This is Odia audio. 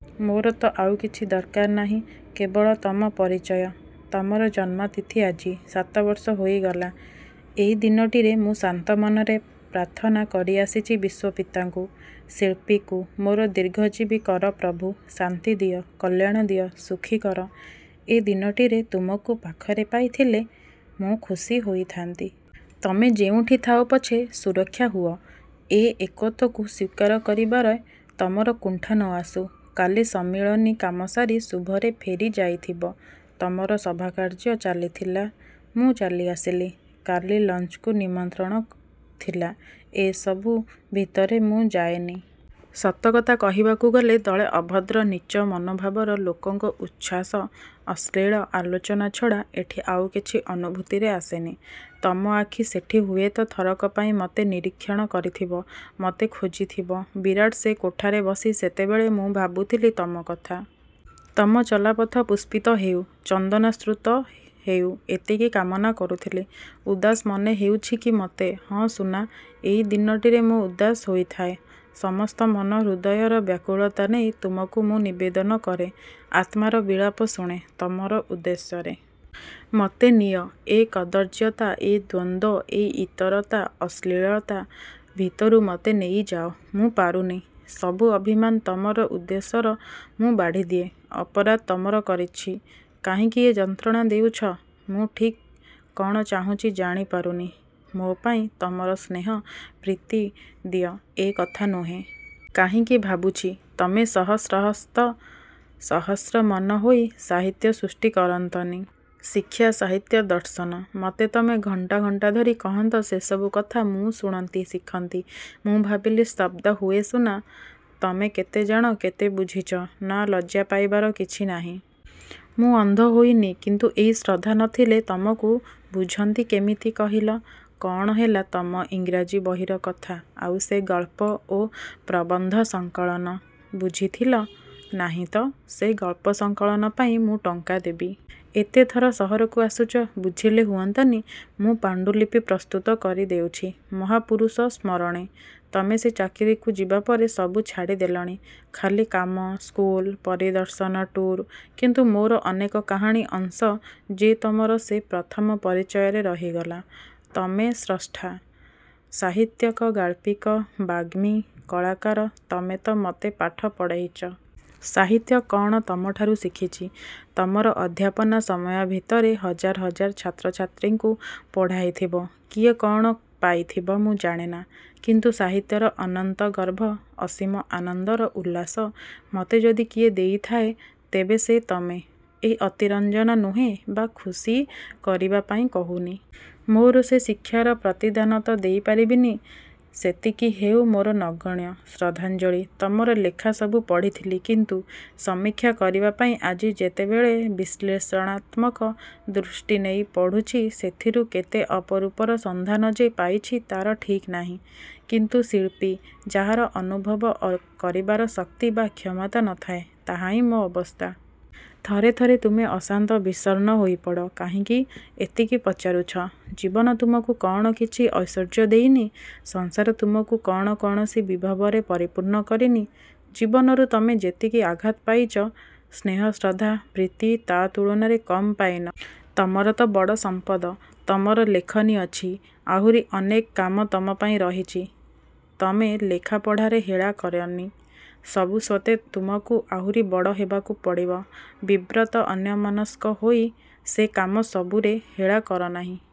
ମୋର ତ ଆଉ କିଛି ଦରକାର ନାହିଁ କେବଳ ତମ ପରିଚୟ। ତମର ଜନ୍ମତିଥି ଆଜି। ସାତବର୍ଷ ହୋଇଗଲା। ଏଇ ଦିନଟିରେ ମୁଁ ଶାନ୍ତ ମନରେ ପ୍ରାର୍ଥନା କରିଆସିଛି ବିଶ୍ଵପିତାଙ୍କୁ-ଶିଳ୍ପୀକୁ ମୋର ଦୀର୍ଘଜୀବୀ କର ପ୍ରଭୁ, ଶାନ୍ତି ଦିଅ, କଲ୍ୟାଣ ଦିଅ, ସୁଖୀ କର। ଏ ଦିନଟିରେ ତୁମକୁ ପାଖରେ ପାଇଥିଲେ ମୁଁ ଖୁସି ହୋଇଥାନ୍ତି। ତମେ ଯେଉଁଠି ଥାଅ ପଛେ ସୁରକ୍ଷା ହୁଅ। ଏ ଏକତ୍ଵକୁ ସ୍ଵୀକାର କରିବାରେ ତମର କୁଣ୍ଠା ନ ଆସୁ। କାଲି ସମ୍ମିଳନୀ କାମ ସାରି ଶୁଭରେ ଫେରିଯାଇଥିବ। ତମର ସଭାକାର୍ଯ୍ୟ ଚାଲିଥିଲା। ମୁଁ ଚାଲିଆସିଲି। କାଲି ଲଞ୍ଚ୍କୁ ନିମନ୍ତ୍ରଣ ଥିଲା। ଏ ସବୁ ଭିତରେ ମୁଁ ଯାଏନି। ସତକଥା କହିବାକୁ ଗଲେ ଦଳେ ଅଭଦ୍ର, ନୀଚ ମନୋଭାବର ଲୋକଙ୍କ ଉଚ୍ଛ୍ଵାସ। ଅଶ୍ଳୀଳ ଆଲୋଚନା ଛଡ଼ା ଏଠି ଆଉ କିଛି ଅନୁଭୂତିରେ ଆସେନି। ତମ ଆଖି ସେଠି ହୁଏତ ଥରକ ପାଇଁ ମତେ ନିରୀକ୍ଷଣ କରିଥିବ, ମତେ ଖୋଜିଥିବ। ବିରାଟ ସେ କୋଠାରେ ବସି ସେତେବେଳେ ମୁଁ ଭାବୁଥିଲି ତମ କଥା। ତମ ଚଲାପଥ ପୁଷ୍ପିତ ହେଉ, ଚନ୍ଦନାସ୍ତୃତ ହେଉ-ଏତିକି କାମନା କରୁଥିଲି। ଉଦାସ ମନେହେଉଛି କି ମତେ? ହଁ ସୁନା, ଏଇ ଦିନଟିରେ ମୁଁ ଉଦାସ ହୋଇଥାଏ। ସମସ୍ତ ମନ ହୃଦୟର ବ୍ୟାକୁଳତା ନେଇ ତୁମକୁ ମୁଁ ନିବେଦନ କରେ। ଆତ୍ମାର ବିଳାପ ଶୁଣେ ତମର ଉଦ୍ଦେଶ୍ୟରେ। ମତେ ନିଅ; ଏ କଦର୍ଯ୍ୟତା, ଏ ଦ୍ୱନ୍ଦ, ଏ ଇତରତା, ଅଶ୍ଲୀଳତା ଭିତରୁ ମତେ ନେଇଯାଅ। ମୁଁ ପାରୁନି। ସବୁ ଅଭିମାନ ତମର ଉଦ୍ଦେଶ୍ୟର ମୁଁ ବାଢ଼ିଦିଏ। ଅପରାଧ ତମର କରିଛି? କାହିଁକି ଏ ଯନ୍ତ୍ରଣା ଦେଉଛ? ମୁଁ ଠିକ୍ କ'ଣ ଚାହୁଁଛି ଜାଣିପାରୁନି। ମୋ ପାଇଁ ତମର ସ୍ନେହ ପ୍ରୀତି ଦିଅ ଏ କଥା ନୁହେଁ। କାହିଁକି ଭାବୁଛି, ତମେ ସହସ୍ରହସ୍ତ, ସହସ୍ର ମନ ହୋଇ ସାହିତ୍ୟ ସୃଷ୍ଟି କରନ୍ତନି? ଶିକ୍ଷା, ସାହିତ୍ୟ, ଦର୍ଶନ। ମତେ ତମେ ଘଣ୍ଟା-ଘଣ୍ଟାଧରି କହନ୍ତ ସେସବୁ କଥା-ମୁଁ ଶୁଣନ୍ତି, ଶିଖନ୍ତି। ମୁଁ ଭାବିଲି ସ୍ତବ୍ଧ ହୁଏ ସୁନା! ତମେ କେତେ ଜାଣ, କେତେ ବୁଝିଛ। ନା, ଲଜ୍ଜା ପାଇବାର କିଛି ନାହିଁ। ମୁଁ ଅନ୍ଧ ହୋଇନି। କିନ୍ତୁ ଏଇ ଶ୍ରଦ୍ଧା ନ ଥିଲେ ତମକୁ। ବୁଝନ୍ତି କେମିତି କହିଲ? କଅଣ ହେଲା ତମ ଇଂରାଜୀ ବହିର କଥା? ଆଉ ସେ ଗଳ୍ପ ଓ ପ୍ରବନ୍ଧ ସଂକଳନ? ବୁଝିଥିଲ? ନାହିଁ ତ, ସେ ଗଳ୍ପ ସଂକଳନ ପାଇଁ ମୁଁ ଟଙ୍କା ଦେବି। ଏତେ ଥର ସହରକୁ ଆସୁଛ, ବୁଝିଲେ ହୁଅନ୍ତାନି? ମୁଁ ପାଣ୍ଡୁଲିପି ପ୍ରସ୍ତୁତ କରିଦେଉଛି-'ମହାପୁରୁଷ ସ୍ମରଣେ'। ତମେ ସେ ଚାକିରିକୁ ଯିବାପରେ ସବୁ ଛାଡ଼ିଦେଲଣି। ଖାଲି କାମ, ସ୍କୁଲ, ପରିଦର୍ଶନ ଟୁର୍-କିନ୍ତୁ ମୋର ଅନେକକାହାଣୀ ଅଂଶ ଯେ ତମର ସେ ପ୍ରଥମ ପରିଚୟରେ ରହିଗଲା-ତମେ ସ୍ରଷ୍ଟା।, ସାହିତ୍ୟିକ, ଗାଳ୍ପିକ, ବାଗ୍ମୀ, କଳାକାର ତମେ ତ ମତେ ପାଠ ପଢ଼େଇଚ। ସାହିତ୍ୟ କଅଣ ତମଠାରୁ ଶିଖିଛି। ତମର ଅଧ୍ୟାପନା ସମୟ ଭିତରେ ହଜାର ହଜାର ଛାତ୍ରଛାତ୍ରୀଙ୍କୁ ପଢ଼ାଇଥିବ। କିଏ କଅଣ ପାଇଥିବ ମୁଁ ଜାଣେନା, କିନ୍ତୁ ସାହିତ୍ୟର ଅନନ୍ତଗର୍ଭ, ଅସୀମ ଆନନ୍ଦର ଉଲ୍ଲାସ ମତେ ଯଦି କିଏ ଦେଇଥାଏ, ତେବେ ସେ ତମେ। ଏ ଅତିରଞ୍ଜନ ନୁହେଁ ବା ଖୁସି କରିବାପାଇଁ କହୁନି। ମୋର ସେ ଶିକ୍ଷାର ପ୍ରତିଦାନ ତ ଦେଇପାରିବିନି-ସେତିକି ହେଉ ମୋର ନଗଣ୍ୟ ଶ୍ରଦ୍ଧାଞ୍ଜଳି। ତମର ଲେଖା ସବୁ ପଢ଼ିଥିଲି। କିନ୍ତୁ ସମୀକ୍ଷା କରିବାପାଇଁ ଆଜି ଯେତେବେଳେ ବିଶ୍ଳେଷଣାତ୍ମକ ଦୃଷ୍ଟି ନେଇ ପଡ଼ୁଛି ସେଥିରୁ କେତେ ଅପରୂପର ସନ୍ଧାନ ଯେ ପାଇଛି ତାର ଠିକ୍ ନାହିଁ। କିନ୍ତୁ ଶିଳ୍ପୀ, ଯାହାର ଅନଭୁବ କରିବାର ଶକ୍ତି ବା କ୍ଷମତା ନଥାଏ, ତାହାହିଁ ମୋ ଅବସ୍ଥା। ଥରେ ଥରେ ତୁମେ ଅଶାନ୍ତ ବିଷର୍ଣ୍ଣ ହୋଇପଡ଼। କାହିଁକି? ଏତିକି ପଚାରୁଛ, ଜୀବନ ତୁମକୁ କଅଣ କିଛି ଐଶ୍ୱର୍ଯ୍ୟ ଦେଇନି? ସଂସାର ତୁମକୁ କଅଣ କୌଣସି ବିଭବରେ ପରିପୂର୍ଣ୍ଣ କରିନି? ଜୀବନରୁ ତମେ ଯେତିକି ଆଘାତ ପାଇଛ, ସ୍ନେହଶ୍ରଦ୍ଧା, ପ୍ରୀତି ତା ତୁଳନାରେ କମ୍ ପାଇନ। ତମର ତ ବଡ଼ ସମ୍ପଦ ତମର ଲେଖନୀ ଅଛି। ଆହୁରି ଅନେକ କାମ ତମପାଇଁ ରହିଛି। ତମେ ଲେଖାପଢ଼ାରେ ହେଳା କରନି। ସବୁ ସତ୍ତ୍ୱେ ତୁମକୁ ଆହୁରି ବଡ଼ ହେବାକୁ ପଡ଼ିବ। ବିବ୍ରତ ଅନ୍ୟମନସ୍କ ହୋଇ ସେ କାମ ସବୁରେ ହେଳା କରନାହିଁ।